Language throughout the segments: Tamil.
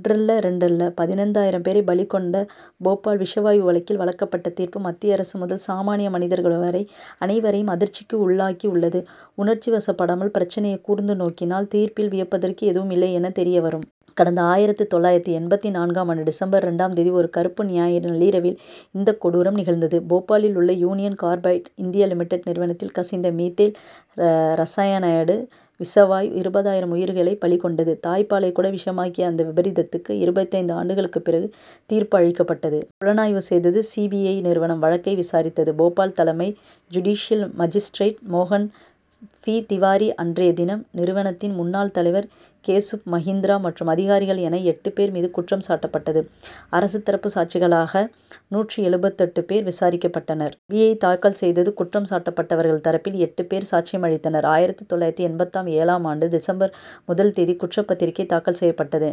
ஒன்றல்லரெண்டல்ல பதினைந்து ஆயிரம் பேரை பலி கொண்ட போபால் விஷ வாயு வழக்கில் வழங்கப்பட்ட தீர்ப்பு, மத்திய அரசு முதல், சாமானிய மனிதர்கள் வரை அனைவரையும் அதிர்ச்சிக்கு உள்ளாக்கி உள்ளது. உணர்ச்சிவசப் படாமல், பிரச்னையை கூர்ந்து நோக்கினால், தீர்ப்பில் வியப்பதற்கு எதுவும் இல்லை என தெரியவரும். கடந்த ஆயிரத்து தொள்ளாயிரத்து எண்பத்து நான்காம் ஆண்டு டிசம்பர் இரண்டாம் தேதி ஒரு கறுப்பு ஞாயிறு நள்ளிரவில் இந்தக் கொடூரம் நிகழ்ந்தது. போபாலில் உள்ள யூனியன் கார்பைடு இந்தியா லிமிடெட் நிறுவனத்தில் கசிந்த மித்தேல் ஐசோசயனைடு விஷவாயு, இருபதாயிரம் உயிர்களை பலி கொண்டது. தாய்ப்பாலைக் கூட விஷமாக்கிய அந்த விபரீதத்துக்கு, இருபத்தைந்து ஆண்டுகளுக்குப் பிறகு தீர்ப்பு அளிக்கப்பட்டது. புலனாய்வு செய்தது சி. பி. ஐ., நிறுவனம். வழக்கை விசாரித்தது, போபால் தலைமை ஜுடிஷியல் மாஜிஸ்திரேட் மோகன் பி. திவாரி. அன்றைய தினம், நிறுவனத்தின் முன்னாள் தலைவர் கேசுப் மகிந்திரா மற்றும் அதிகாரிகள் என, எட்டு பேர் மீது குற்றம் சாட்டப்பட்டது. அரசுத்தரப்பு சாட்சிகளாக நூற்று எழுபத்தெட்டு பேர் விசாரிக்கப்பட்டனர். பி. ஐ., தாக்கல் செய்தது. குற்றம் சாட்டப்பட்டவர்கள் தரப்பில் எட்டு பேர் சாட்சியம் அளித்தனர். ஆயிரத்து தொள்ளாயிரத்து எண்பத்து ஏழாம் ஆண்டு டிசம்பர் முதல் தேதி குற்றப்பத்திரிகை தாக்கல் செய்யப்பட்டது.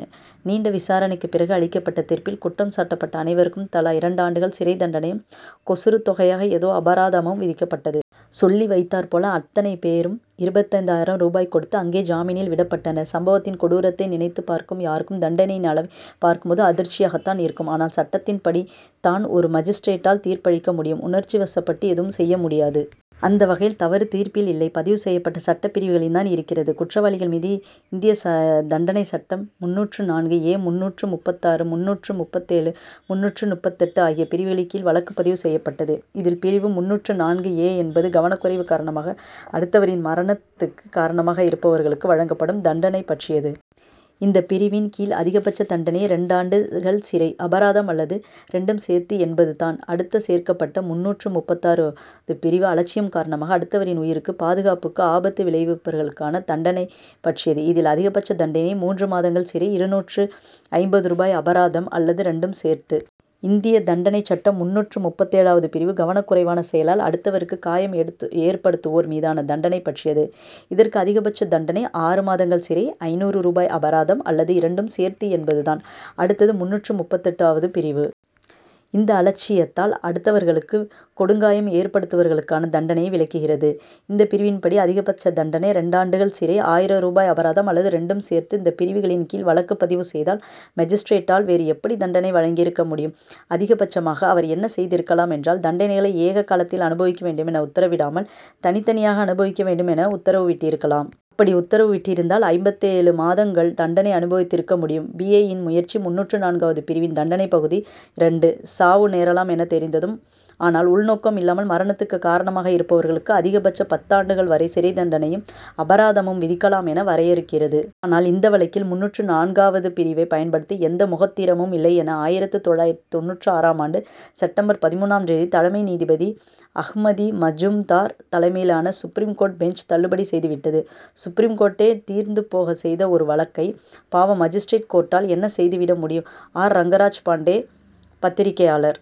நீண்ட விசாரணைக்குப் பிறகு அளிக்கப்பட்ட தீர்ப்பில், குற்றம் சாட்டப்பட்ட அனைவருக்கும் தலா இரண்டு ஆண்டுகள் சிறைத் தண்டனையும், கொசுறு தொகையாக ஏதோ அபராதமும் விதிக்கப்பட்டது. சொல்லி வைத்தாற்போல் அத்தனை பேரும் இருபத்தைந்து ஆயிரம் ரூபாய் கொடுத்து, அங்கேயே ஜாமீனில் விடப்பட்டனர். சம்பவத்தின் கொடூரத்தை நினைத்துப் பார்க்கும் யாருக்கும், தண்டனையின் அளவைப் பார்க்கும்போது அதிர்ச்சியாகத் தான் இருக்கும். ஆனால், சட்டத்தின்படி தான் ஒரு மாஜிஸ்திரேட்டால் தீர்ப்பளிக்க முடியும். உணர்ச்சிவசப்பட்டு எதுவும் செய்ய முடியாது. அந்த வகையில், தவறு தீர்ப்பில் இல்லை; பதிவு செய்யப்பட்ட சட்டப் பிரிவுகளில் தான் இருக்கிறது. குற்றவாளிகள் மீது இந்திய தண்டனைச் சட்டம் முந்நூற்று நான்கு ஏ, முந்நூற்று முப்பத்தாறு, முந்நூற்று முப்பத்தேழு, முந்நூற்று முப்பத்தெட்டு ஆகிய பிரிவுகளின் கீழ் வழக்குப் பதிவு செய்யப்பட்டது. இதில், பிரிவு முந்நூற்று நான்கு ஏ என்பது, கவனக் குறைவு காரணமாக, அடுத்தவரின் மரணத்துக்கு காரணமாக இருப்பவர்களுக்கு வழங்கப்படும் தண்டனை பற்றியது. இந்தப் பிரிவின் கீழ் அதிகபட்ச தண்டனையே இரண்டு ஆண்டுகள் சிறை, அபராதம் அல்லது இரண்டு சேர்த்து என்பது தான். அடுத்து சேர்க்கப்பட்ட முந்நூற்று முப்பத்தாறு வது பிரிவு, அலட்சியம் காரணமாக அடுத்தவரின் உயிருக்கு, பாதுகாப்புக்கு ஆபத்து விளைவிப்பவர்களுக்கான தண்டனை பற்றியது. இதில் அதிகபட்ச தண்டனையே மூன்று மாதங்கள் சிறை, இருநூற்று ஐம்பது ரூபாய் அபராதம் அல்லது இரண்டும் சேர்த்து. இந்திய தண்டனைச் சட்டம் முந்நூற்று முப்பத்தேழாவது பிரிவு, கவனக் குறைவான செயலால் அடுத்தவருக்கு காயம் ஏற்படுத்துவோர் மீதான தண்டனை பற்றியது. இதற்கு அதிகபட்ச தண்டனை ஆறு மாதங்கள் சிறை, ஐந்நூறு ரூபாய் அபராதம் அல்லது இரண்டும் சேர்த்து என்பது தான். அடுத்தது முந்நூற்று முப்பத்தெட்டு வது பிரிவு. இது, அலட்சியத்தால் அடுத்தவர்களுக்கு கொடுங்காயம் ஏற்படுத்துபவர்களுக்கான தண்டனையை விளக்குகிறது. இந்தப் பிரிவின்படி அதிகபட்ச தண்டனை இரண்டாண்டுகள் சிறை, ஆயிரம் ரூபாய் அபராதம் அல்லது இரண்டும் சேர்த்து. இந்தப் பிரிவுகளின் கீழ் வழக்கு பதிவு செய்தால், மாஜிஸ்திரேட்டால் வேறு எப்படி தண்டனை வழங்கியிருக்க முடியும்? அதிகபட்சமாக அவர் என்ன செய்திருக்கலாம் என்றால், தண்டனைகளை ஏக காலத்தில் அனுபவிக்க வேண்டும் என உத்தரவிடாமல், தனித்தனியாக அனுபவிக்க வேண்டும் என உத்தரவிட்டிருக்கலாம். அப்படி உத்தரவிட்டிருந்தால் ஐம்பத்தேழு மாதங்கள் தண்டனை அனுபவித்திருக்க முடியும். பி. ஐ.,யின் முயற்சி. முந்நூற்று நான்காவது பிரிவின் தண்டனை பகுதி இரண்டு, சாவு நேரலாம் எனத் தெரிந்தும், ஆனால், உள்நோக்கம் இல்லாமல் மரணத்துக்கு காரணமாக இருப்பவர்களுக்கு அதிகபட்சம் பத்து ஆண்டுகள் வரை சிறைத் தண்டனையும் அபராதமும் விதிக்கலாம் என வரையறுக்கிறது. ஆனால், இந்த வழக்கில் முந்நூற்று நான்காவது பிரிவைப் பயன்படுத்த எந்த முகாந்திரமும் இல்லை என, ஆயிரத்து தொள்ளாயிரத்து தொண்ணூற்று ஆறாம் ஆண்டு செப்டம்பர் பதிமூன்றாம் தேதி, தலைமை நீதிபதி அஹ்மதி, மஜும்தார் தலைமையிலான சுப்ரீம் கோர்ட் பெஞ்ச் தள்ளுபடி செய்து விட்டது. சுப்ரீம் கோர்ட்டே நீர்த்துப்போகச் செய்த ஒரு வழக்கை, பாவம், மாஜிஸ்திரேட் கோர்ட்டால் என்ன செய்துவிட முடியும்? ஆர். ரங்கராஜ் பாண்டே, பத்திரிக்கையாளர்.